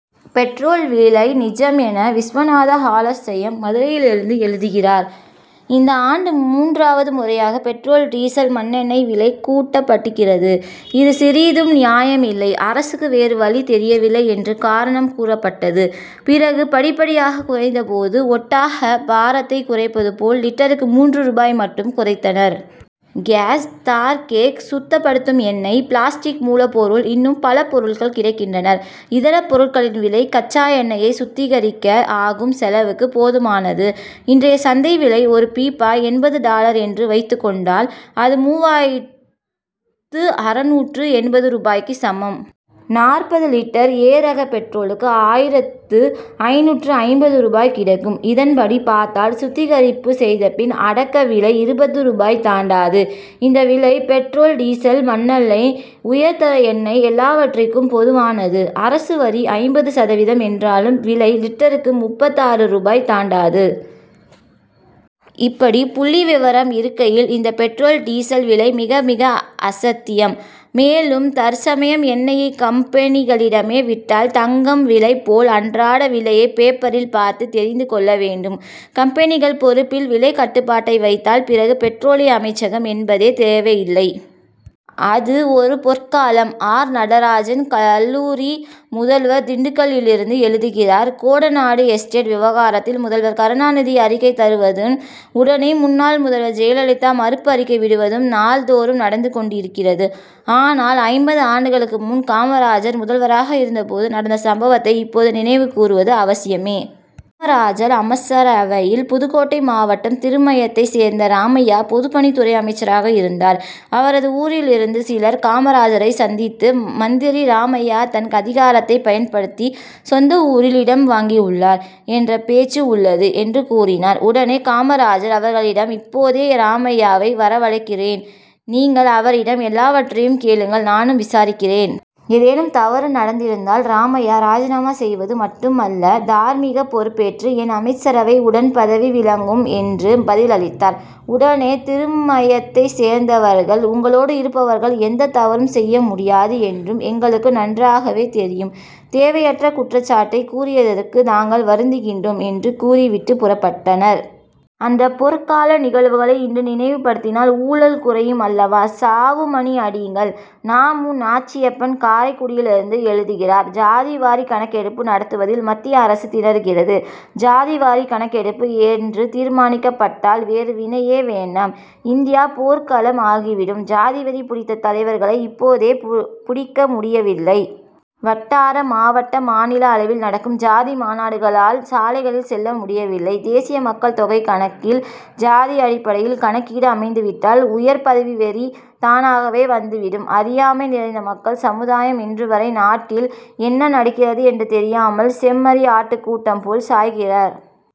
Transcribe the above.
Petrol விலை நிஜம் என்ன? விஸ்வநாத ஹாலாஸ்யம், மதுரையிலிருந்து எழுதுகிறார் இந்த ஆண்டு மூன்றாவது முறையாக பெட்ரோல், டீசல், மண்ணெண்ணெய் விலை கூட்டப்பட்டிக்கிறது. இது சிறிதும் நியாயமில்லை. அரசுக்கு வேறு வழி தெரியவில்லை என்று காரணம் கூறப்பட்டது. பிறகு படிப்படியாக குறைந்த போது, ஒட்டக பாரத்தைக் குறைப்பது போல், லிட்டருக்கு மூன்று ரூபாய் மட்டும் குறைத்தனர். கேஸ், தார் கேக், சுத்தப்படுத்தும் எண்ணெய், பிளாஸ்டிக் மூலப்பொருள் இன்னும் பல பொருட்கள் கிடைக்கின்றன. இதர பொருட்களின் விலை, கச்சா எண்ணெயை சுத்திகரிக்க ஆகும் செலவுக்கு போதுமானது. இன்றைய சந்தை விலை, ஒரு பீப்பாய் எண்பது டாலர் என்று வைத்துக் கொண்டால், அது மூவாயிரத்து அறுநூற்று எண்பது ரூபாய்க்கு சமம். நாற்பது லிட்டர், ஏ ரக பெட்ரோலுக்கு ஆயிரத்து ஐந்நூற்று ஐம்பது ரூபாய் கிடைக்கும். இதன்படி பார்த்தால், சுத்திகரிப்பு செய்தபின், அடக்க விலை இருபது ரூபாய் தாண்டாது. இந்த விலை, பெட்ரோல், டீசல், மண்ணெண்ணெய், உயர்தர எண்ணெய் எல்லாவற்றிற்கும் பொதுவானது. அரசு வரி ஐம்பது சதவீதம் என்றாலும், விலை லிட்டருக்கு முப்பத்தாறு ரூபாய் தாண்டாது. இப்படி புள்ளி விவரம் இருக்கையில், இந்த பெட்ரோல், டீசல் விலை மிக, மிக அசத்தியம். மேலும், தற்சமயம் எண்ணெய்க் கம்பெனிகளிடமே விட்டால், தங்கம் விலை போல், அன்றாட விலையைப் பேப்பரில் பார்த்து தெரிந்து கொள்ள வேண்டும். கம்பெனிகள் பொறுப்பில் விலைக் கட்டுப்பாட்டை வைத்தால், பிறகு பெட்ரோலிய அமைச்சகம் என்பதே தேவையில்லை. அது ஒரு பொற்காலம்! ஆர். நடராஜன், கல்லூரி முதல்வர், திண்டுக்கலிலிருந்து எழுதுகிறார் கோடநாடு எஸ்டேட் விவகாரத்தில், முதல்வர் கருணாநிதி அறிக்கை தருவதுன், உடனே, முன்னாள் முதல்வர் ஜெயலலிதா மறுப்பு அறிக்கை விடுவதும், நாள் தோறும் நடந்து கொண்டிருக்கிறது. ஆனால், ஐம்பது ஆண்டுகளுக்கு முன், காமராஜர் முதல்வராக இருந்த போது நடந்த சம்பவத்தை, இப்போது நினைவு கூறுவது அவசியமே! காமராஜர் அமச்சரவையில், புதுக்கோட்டை மாவட்டம் திருமயத்தைச் சேர்ந்த ராமையா, பொதுப்பணித்துறை அமைச்சராக இருந்தார். அவரது ஊரிலிருந்து சிலர், காமராஜரைச் சந்தித்து, மந்திரி ராமையா தன் அதிகாரத்தைப் பயன்படுத்தி, சொந்த ஊரில் இடம் வாங்கியுள்ளார் என்ற பேச்சு உள்ளது என்று கூறினர். உடனே காமராஜர் அவர்களிடம், இப்போதே ராமையாவை வரவழைக்கிறேன் நீங்கள் அவரிடம் எல்லாவற்றையும் கேளுங்கள் நானும் விசாரிக்கிறேன். ஏதேனும் தவறு நடந்திருந்தால், ராமையா ராஜினாமா செய்வது மட்டுமல்ல, தார்மீகப் பொறுப்பேற்று, என் அமச்சரவை உடன் பதவி விலகும் என்று பதிலளித்தார். உடனே திருமயத்தைச் சேர்ந்தவர்கள், உங்களோடு இருப்பவர்கள் எந்தத் தவறும் செய்ய முடியாது என்று எங்களுக்கு நன்றாகவே தெரியும். தேவையற்ற குற்றச்சாட்டைக் கூறியததற்கு நாங்கள் வருந்துகிறோம் என்று கூறிவிட்டுப் புறப்பட்டனர். அந்தப் பொற்கால நிகழ்வுகளை இன்று நினைவுபடுத்தினால், ஊழல் குறையும் அல்லவா! சாவு மணி அடியுங்கள்! நா. மு. நாச்சியப்பன், காரைக்குடியிலிருந்து எழுதுகிறார் ஜாதிவாரிக் கணக்கெடுப்பு நடத்துவதில் மத்திய அரசு திணறுகிறது. ஜாதிவாரிக் கணக்கெடுப்பு என்று தீர்மானிக்கப்பட்டால், வேறுவினையே வேண்டாம்; இந்தியா போர்க்களம் ஆகிவிடும். ஜாதிவெறி பிடித்த தலைவர்களை, இப்போதே புடிக்க முடியவில்லை. வட்டார, மாவட்ட, மாநில அளவில் நடக்கும் ஜாதி மாநாடுகளால், சாலைகளில் செல்ல முடியவில்லை. தேசிய மக்கள்தொகைக் கணக்கில், ஜாதி அடிப்படையில் கணக்கீடு அமைந்துவிட்டால், உயர்பதவி வெறி, தானாகவே வந்துவிடும். அறியாமை நிறைந்த மக்கள் சமுதாயம், இன்றுவரை நாட்டில் என்ன நடக்கிறது என்று தெரியாமல், செம்மறி ஆட்டுக் கூட்டம் போல், சாய்கிற